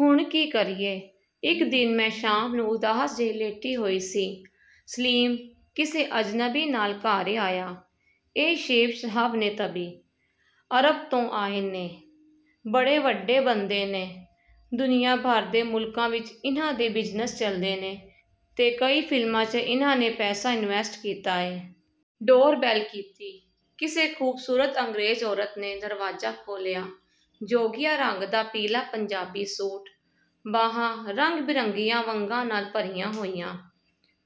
ਹੁਣ ਕੀ ਕਰੀਏ? ਇੱਕ ਦਿਨ ਮੈਂ ਸ਼ਾਮ ਨੂੰ ਉਦਾਸ ਜਿਹੀ ਲੇਟੀ ਹੋਈ ਸੀ, ਸਲੀਮ ਕਿਸੇ ਅਜਨਬੀ ਨਾਲ ਘਰ ਆਇਆ। "ਇਹ ਸ਼ੇਖ ਸਾਹਬ ਨੇ ਤਬੀ। ਅਰਬ ਤੋਂ ਆਏ ਨੇ। ਬੜੇ ਵੱਡੇ ਬੰਦੇ ਨੇ। ਦੁਨੀਆਂ ਭਰ ਦੇ ਮੁਲਕਾਂ ਵਿਚ ਇਨ੍ਹਾਂ ਦੇ ਬਿਜ਼ਨਸ ਚੱਲਦੇ ਨੇ ਤੇ ਕਈ ਫ਼ਿਲਮਾਂ 'ਚ ਇਨ੍ਹਾਂ ਨੇ ਪੈਸਾ ਇਨਵੈਸਟ ਕੀਤਾ ਏ। ਡੋਰ ਬੈੱਲ ਕੀਤੀ। ਕਿਸੇ ਖੂਬਸੂਰਤ ਅੰਗਰੇਜ਼ ਔਰਤ ਨੇ ਦਰਵਾਜ਼ਾ ਖੋਲ੍ਹਿਆ। ਜੋਗੀਆ ਰੰਗ ਦਾ ਪੀਲਾ ਪੰਜਾਬੀ ਸੂਟ, ਬਾਹਾਂ ਰੰਗ ਬਰੰਗੀਆਂ ਵੰਗਾਂ ਨਾਲ ਭਰੀਆਂ ਹੋਈਆਂ,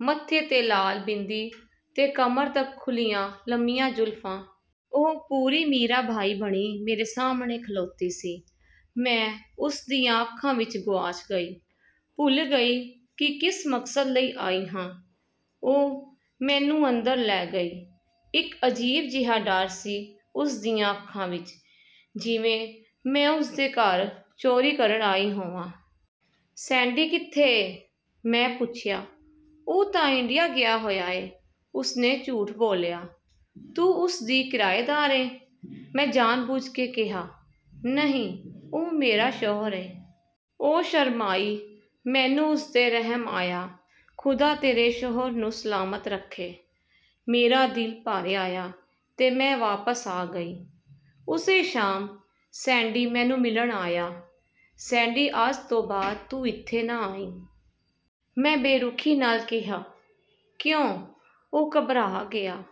ਮੱਥੇ 'ਤੇ ਲਾਲ ਬਿੰਦੀ ਤੇ ਕਮਰ ਤੱਕ ਖੁੱਲ੍ਹੀਆਂ ਲੰਮੀਆਂ ਜ਼ੁਲਫਾਂ। ਉਹ ਪੂਰੀ 'ਮੀਰਾ ਬਾਈ' ਬਣੀ ਮੇਰੇ ਸਾਹਮਣੇ ਖਲੋਤੀ ਸੀ। ਮੈਂ ਉਸ ਦੀਆਂ ਅੱਖਾਂ ਵਿਚ ਗੁਆਚ ਗਈ। ਭੁੱਲ ਗਈ ਕਿ ਕਿਸ ਮਕਸਦ ਲਈ ਆਈ ਹਾਂ। ਉਹ ਮੈਨੂੰ ਅੰਦਰ ਲੈ ਗਈ। ਇੱਕ ਅਜੀਬ ਜਿਹਾ ਡਰ ਸੀ ਉਸ ਦੀਆਂ ਅੱਖਾਂ ਵਿਚ ਜਿਵੇਂ ਮੈਂ ਉਸ ਦੇ ਘਰ ਚੋਰੀ ਕਰਨ ਆਈ ਹੋਵਾਂ। "ਸੈਂਡੀ ਕਿਥੇ ਏ? " ਮੈਂ ਪੁੱਛਿਆ। "ਉਹ ਤਾਂ ਇੰਡੀਆ ਗਿਆ ਹੋਇਆ ਏ। " ਉਸ ਨੇ ਝੂਠ ਬੋਲਿਆ। "ਤੂੰ ਉਸ ਦੀ ਕਿਰਾਏਦਾਰ ਏਂ? " ਮੈਂ ਜਾਣ ਬੁੱਝ ਕੇ ਕਿਹਾ। "ਨਹੀਂ ਉਹ ਮੇਰਾ ਸ਼ੋਹਰ ਏ। " ਉਹ ਸ਼ਰਮਾਈ। ਮੈਨੂੰ ਉਸ 'ਤੇ ਰਹਿਮ ਆਇਆ। "ਖ਼ੁਦਾ ਤੇਰੇ ਸ਼ੋਹਰ ਨੂੰ ਸਲਾਮਤ ਰੱਖੇ! " ਮੇਰਾ ਦਿਲ ਭਰ ਆਇਆ ਤੇ ਮੈਂ ਵਾਪਸ ਆ ਗਈ। ਉਸੇ ਸ਼ਾਮ ਸੈਂਡੀ ਮੈਨੂੰ ਮਿਲਣ ਆਇਆ। "ਸੈਂਡੀ ਅੱਜ ਤੋਂ ਬਾਅਦ ਤੂੰ ਇਥੇ ਨਾ ਆਈਂ। " ਮੈਂ ਬੇਰੁਖੀ ਨਾਲ ਕਿਹਾ। "ਕਿਉਂ? " ਉਹ ਘਬਰਾ ਗਿਆ।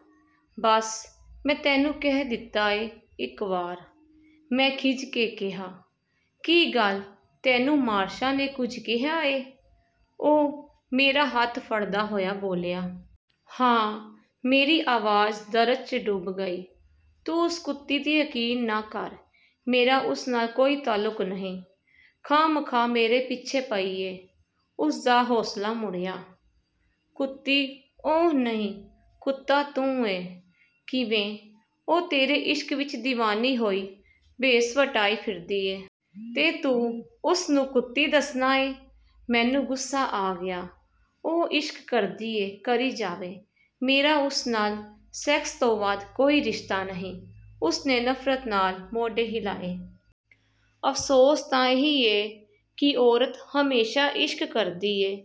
"ਬੱਸ, ਮੈਂ ਤੈਨੂੰ ਕਹਿ ਦਿੱਤਾ ਏ ਇੱਕ ਵਾਰ। " ਮੈਂ ਖਿੱਝ ਕੇ ਕਿਹਾ। "ਕੀ ਗੱਲ ਤੈਨੂੰ ਮਾਰਸ਼ਾ ਨੇ ਕੁਝ ਕਿਹਾ ਏ? " ਉਹ ਮੇਰਾ ਹੱਥ ਫੜਦਾ ਹੋਇਆ ਬੋਲਿਆ। "ਹਾਂ…। " ਮੇਰੀ ਆਵਾਜ਼ ਦਰਦ 'ਚ ਡੁੱਬ ਗਈ। ਤੂੰ ਉਸ ਕੁੱਤੀ 'ਤੇ ਯਕੀਨ ਨਾ ਕਰ। ਮੇਰਾ ਉਸ ਨਾਲ ਕੋਈ ਤੁਅੱਲਕ ਨਹੀਂ। ਖਾਹਮਖਾਹ ਮੇਰੇ ਪਿੱਛੇ ਪਈ ਏ। " ਉਸ ਦਾ ਹੌਸਲਾ ਮੁੜਿਆ। "ਕੁੱਤੀ ਉਹ ਨਹੀਂ, ਕੁੱਤਾ ਤੂੰ ਏਂ… ਕਿਵੇਂ ਉਹ ਤੇਰੇ ਇਸ਼ਕ ਵਿਚ ਦੀਵਾਨੀ ਹੋਈ ਭੇਸ ਵਟਾਈ ਫਿਰਦੀ ਏ। ਤੇ ਤੂੰ ਉਸ ਨੂੰ ਕੁੱਤੀ ਦੱਸਨਾ ਏਂ। " ਮੈਨੂੰ ਗੁੱਸਾ ਆ ਗਿਆ। ਉਹ ਇਸ਼ਕ ਕਰਦੀ ਏ, ਕਰੀ ਜਾਵੇ… ਮੇਰਾ ਉਸ ਨਾਲ ਸੈਕਸ ਤੋਂ ਵੱਧ ਕੋਈ ਰਿਸ਼ਤਾ ਨਹੀਂ। " ਉਸ ਨੇ ਨਫਰਤ ਨਾਲ ਮੋਢੇ ਹਿਲਾਏ। "ਅਫਸੋਸ ਤਾਂ ਇਹੀ ਏ ਕਿ ਔਰਤ ਹਮੇਸ਼ਾ ਇਸ਼ਕ ਕਰਦੀ ਏ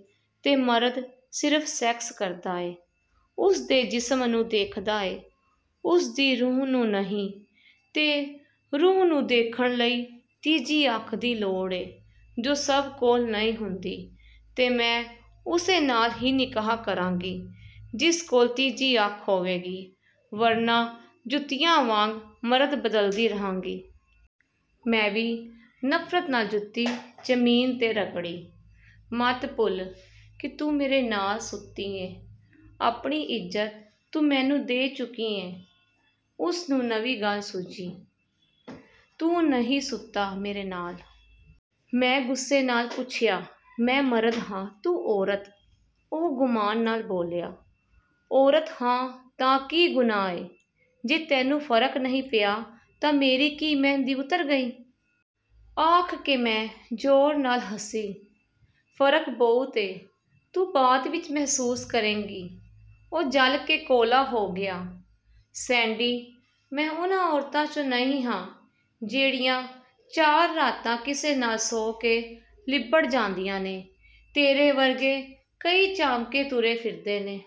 ਤੇ ਮਰਦ ਸਿਰਫ ਸੈਕਸ ਕਰਦਾ ਏ। ਉਸ ਦੇ ਜਿਸਮ ਨੂੰ ਦੇਖਦਾ ਏ, ਉਸ ਦੀ ਰੂਹ ਨੂੰ ਨਹੀਂ ਤੇ ਰੂਹ ਨੂੰ ਦੇਖਣ ਲਈ ਤੀਜੀ ਅੱਖ ਦੀ ਲੋੜ ਏ, ਜੋ ਸਭ ਕੋਲ ਨਹੀਂ ਹੁੰਦੀ ਤੇ ਮੈਂ ਉਸੇ ਨਾਲ ਹੀ ਨਿਕਾਹ ਕਰਾਂਗੀ ਜਿਸ ਕੋਲ ਤੀਜੀ ਅੱਖ ਹੋਵੇਗੀ ਵਰਨਾ ਜੁੱਤੀਆਂ ਵਾਂਗ ਮਰਦ ਬਦਲਦੀ ਰਹਾਂਗੀ। " ਮੈਂ ਵੀ ਨਫਰਤ ਨਾਲ ਜੁੱਤੀ ਜ਼ਮੀਨ ਤੇ ਰਗੜੀ। "ਮੱਤ ਭੁੱਲ ਕਿ ਤੂੰ ਮੇਰੇ ਨਾਲ ਸੁੱਤੀ ਏਂ… ਆਪਣੀ ਇੱਜ਼ਤ ਤੂੰ ਮੈਨੂੰ ਦੇ ਚੁੱਕੀ ਏਂ। " ਉਸ ਨੂੰ ਨਵੀਂ ਗੱਲ ਸੁੱਝੀ। "ਤੂੰ ਨਹੀਂ ਸੁੱਤਾ ਮੇਰੇ ਨਾਲ? " ਮੈਂ ਗੁੱਸੇ ਨਾਲ ਪੁੱਛਿਆ। "ਮੈਂ ਮਰਦ ਹਾਂ… ਤੂੰ ਔਰਤ। " ਉਹ ਗੁਮਾਨ ਨਾਲ ਬੋਲਿਆ। "ਔਰਤ ਹਾਂ ਤਾਂ ਕੀ ਗੁਨਾਹ ਏ… ਜੇ ਤੈਨੂੰ ਕੋਈ ਫਰਕ ਨਹੀਂ ਪਿਆ ਤਾਂ ਮੇਰੀ ਕੀ ਮਹਿੰਦੀ ਉਤਰ ਗਈ? " ਆਖ ਕੇ ਮੈਂ ਜ਼ੋਰ ਨਾਲ ਹੱਸੀ। "ਫਰਕ ਬਹੁਤ ਏ ਤੂੰ ਬਾਅਦ ਵਿਚ ਮਹਿਸੂਸ ਕਰੇਂਗੀ। " ਉਹ ਜਲ ਕੇ ਕੋਲਾ ਹੋ ਗਿਆ। "ਸੈਂਡੀ, ਮੈਂ ਉਨ੍ਹਾਂ ਔਰਤਾਂ 'ਚੋਂ ਨਹੀਂ ਹਾਂ ਜਿਹੜੀਆਂ ਚਾਰ ਰਾਤਾਂ ਕਿਸੇ ਨਾਲ ਸੌਂ ਕੇ ਲਿੱਬੜ ਜਾਂਦੀਆਂ ਨੇ। ਤੇਰੇ ਵਰਗੇ ਕਈ ਚਾਮਕੇ ਤੁਰੇ ਫਿਰਦੇ ਨੇ।